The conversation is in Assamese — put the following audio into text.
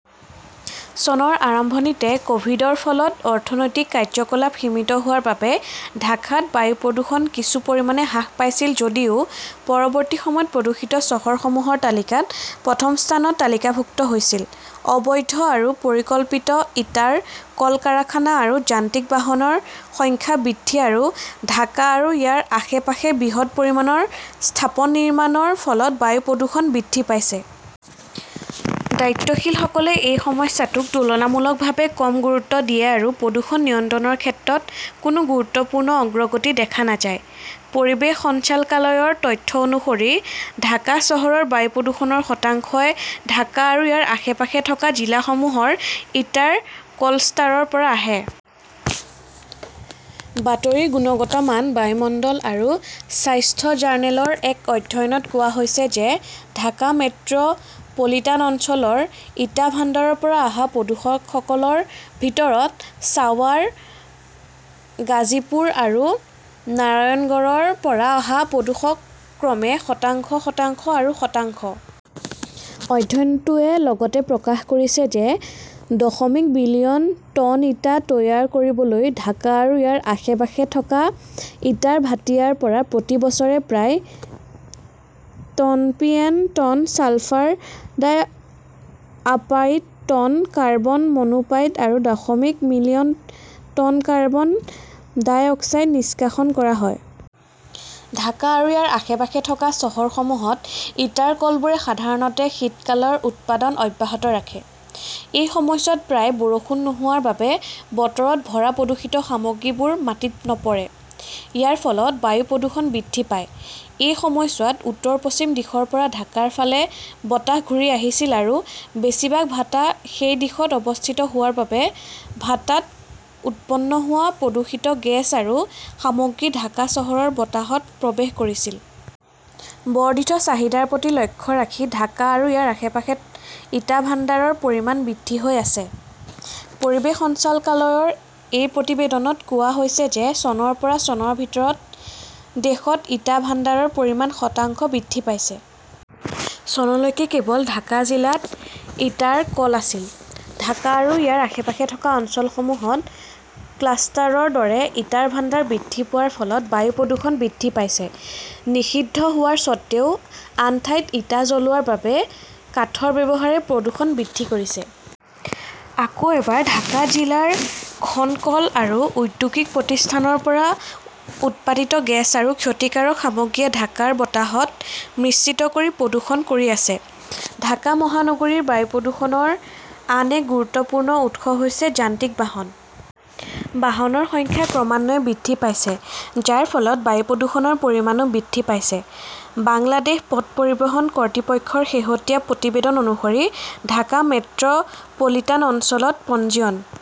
চনৰ আৰম্ভণিতে ক "ভিড- ৰ ফলত অৰ্থনৈতিক কাৰ্যকলাপ সীমিত হোৱাৰ বাবে ঢাকাত বায়ু প্ৰদূষণ কিছু পৰিমাণে হ্ৰাস পাইছিল, যদিও পৰৱৰ্তী সময়ত প্ৰদূষিত চহৰসমূহৰ তালিকাত প্ৰথম স্থানত তালিকাভুক্ত হৈছিল। অবৈধ আৰু পৰিকল্পিত ইটাৰ কল, কাৰখানা আৰু যান্ত্ৰিক বাহনৰ সংখ্যা বৃদ্ধি আৰু ঢাকা আৰু ইয়াৰ আশে-পাশে বৃহৎ পৰিমাণৰ স্থাপন নিৰ্মাণৰ ফলত বায়ু প্ৰদূষণ বৃদ্ধি পাইছে। দায়িত্বশীলসকলে এই সমস্যাটোক তুলনামূলকভাৱে কম গুৰুত্ব দিয়ে আৰু প্ৰদূষণ নিয়ন্ত্ৰণৰ ক্ষেত্ৰত কোনো গুৰুত্বপূৰ্ণ অগ্ৰগতি দেখা নাযায়। পৰিৱেশ সঞ্চালকালয়ৰ তথ্য অনুসৰি, ঢাকা চহৰৰ বায়ু প্ৰদূষণৰ শতাংশই ঢাকা আৰু ইয়াৰ আশে-পাশে থকা জিলাসমূহৰ ইটাৰ কলষ্টাৰৰ পৰা আহে। বাতৰিৰ গুণগত মান, বায়ুমণ্ডল আৰু স্বাস্থ্য জাৰ্নেলৰ এক অধ্যয়নত কোৱা হৈছে যে ঢাকা মেট্ৰ 'পলিটান অঞ্চলৰ ইটা ভাণ্ডাৰৰ পৰা অহা প্ৰদূষকসকলৰ ভিতৰত ছাৱাৰ, গাজীপুৰ আৰু নাৰায়ণগড়ৰ পৰা অহা প্ৰদূষক ক্ৰমে শতাংশ, শতাংশ আৰু শতাংশ। অধ্যয়নটোৱে লগতে প্ৰকাশ কৰিছে যে দশমিক বিলিয়ন টন ইটা তৈয়াৰ কৰিবলৈ ঢাকা আৰু ইয়াৰ আশে-পাশে থকা ইটাৰ ভাটিয়াৰ পৰা প্ৰতি বছৰে প্ৰায় ton PM. Ton sulphur dioxide, ton carbon monoxide আৰু দশমিক মিলিয়ন টন কাৰ্বন ডাই-অপাইড নিষ্কাশন কৰা হয়। ঢাকা আৰু ইয়াৰ আশে-পাশে থকা চহৰসমূহত ইটাৰ কলবোৰে সাধাৰণতে শীতকালত উৎপাদন অব্যাহত ৰাখে। এই সময়ছোৱাত প্ৰায় বৰষুণ নোহোৱাৰ বাবে বতাহত ভৰা প্ৰদূষিত সামগ্ৰীবোৰ মাটিত নপৰে। ইয়াৰ ফলত বায়ুৰ প্ৰদূষণ বৃদ্ধি পায়। এই সময়ছোৱাত উত্তৰ-পশ্চিম দিশৰ পৰা ঢাকাৰ ফালে বতাহ ঘূৰি আহিছিল আৰু বেছিভাগ ভাটা সেই দিশত অৱস্থিত হোৱাৰ বাবে ভাট্টাত উৎপন্ন হোৱা প্ৰদূষিত গেছ আৰু সামগ্ৰী ঢাকা চহৰৰ বতাহত প্ৰৱেশ কৰিছিল। বৰ্ধিত চাহিদাৰ প্ৰতি লক্ষ্য ৰাখি ঢাকা আৰু ইয়াৰ আশে-পাশে ইটা ভাণ্ডাৰৰ পৰিমাণ বৃদ্ধি হৈ আছে। পৰিৱেশ সঞ্চালকালয়ৰ এক প্ৰতিবেদনত কোৱা হৈছে যে চনৰ পৰা চনৰ ভিতৰত দেশত ইটা ভাণ্ডাৰৰ পৰিমাণ শতাংশ বৃদ্ধি পাইছে। চনলৈকে কেৱল ঢাকা জিলাত টা ইটাৰ কল আছিল। ঢাকা আৰু ইয়াৰ আশে-পাশে থকা অঞ্চলসমূহত ক্লাষ্টাৰৰ দৰে ইটাৰ ভাণ্ডাৰ বৃদ্ধি পোৱাৰ ফলত বায়ু প্ৰদূষণ বৃদ্ধি পাইছে। নিষিদ্ধ হোৱাৰ স্বত্ত্বেও আন ঠাইত ইটা জ্বলোৱাৰ বাবে কাঠৰ ব্যৱহাৰে প্ৰদূষণ বৃদ্ধি কৰিছে। আকৌ এবাৰ, ঢাকা জিলাৰ খন কল আৰু ঔদ্যোগিক প্ৰতিষ্ঠানৰ পৰা উৎপাদিত গেছ আৰু ক্ষতিকাৰক সামগ্ৰীয়ে ঢাকাৰ বতাহত মিশ্ৰণ কৰি প্ৰদূষণ কৰি আছে। ঢাকা মহানগৰীৰ বায়ু প্ৰদূষণৰ আন এটা গুৰুত্বপূৰ্ণ উৎস হৈছে যান্ত্ৰিক বাহন। বাহনৰ সংখ্যা ক্ৰমান্বয়ে বৃদ্ধি পাইছে, যাৰ ফলত বায়ু প্ৰদূষণৰ পৰিমাণও বৃদ্ধি পাইছে। বাংলাদেশ পথ পৰিবহণ কৰ্তৃপক্ষৰ শেহতীয়া প্ৰতিবেদন অনুসৰি ঢাকা মেট্ৰ 'পলিটান অঞ্চলত পঞ্জীয়ন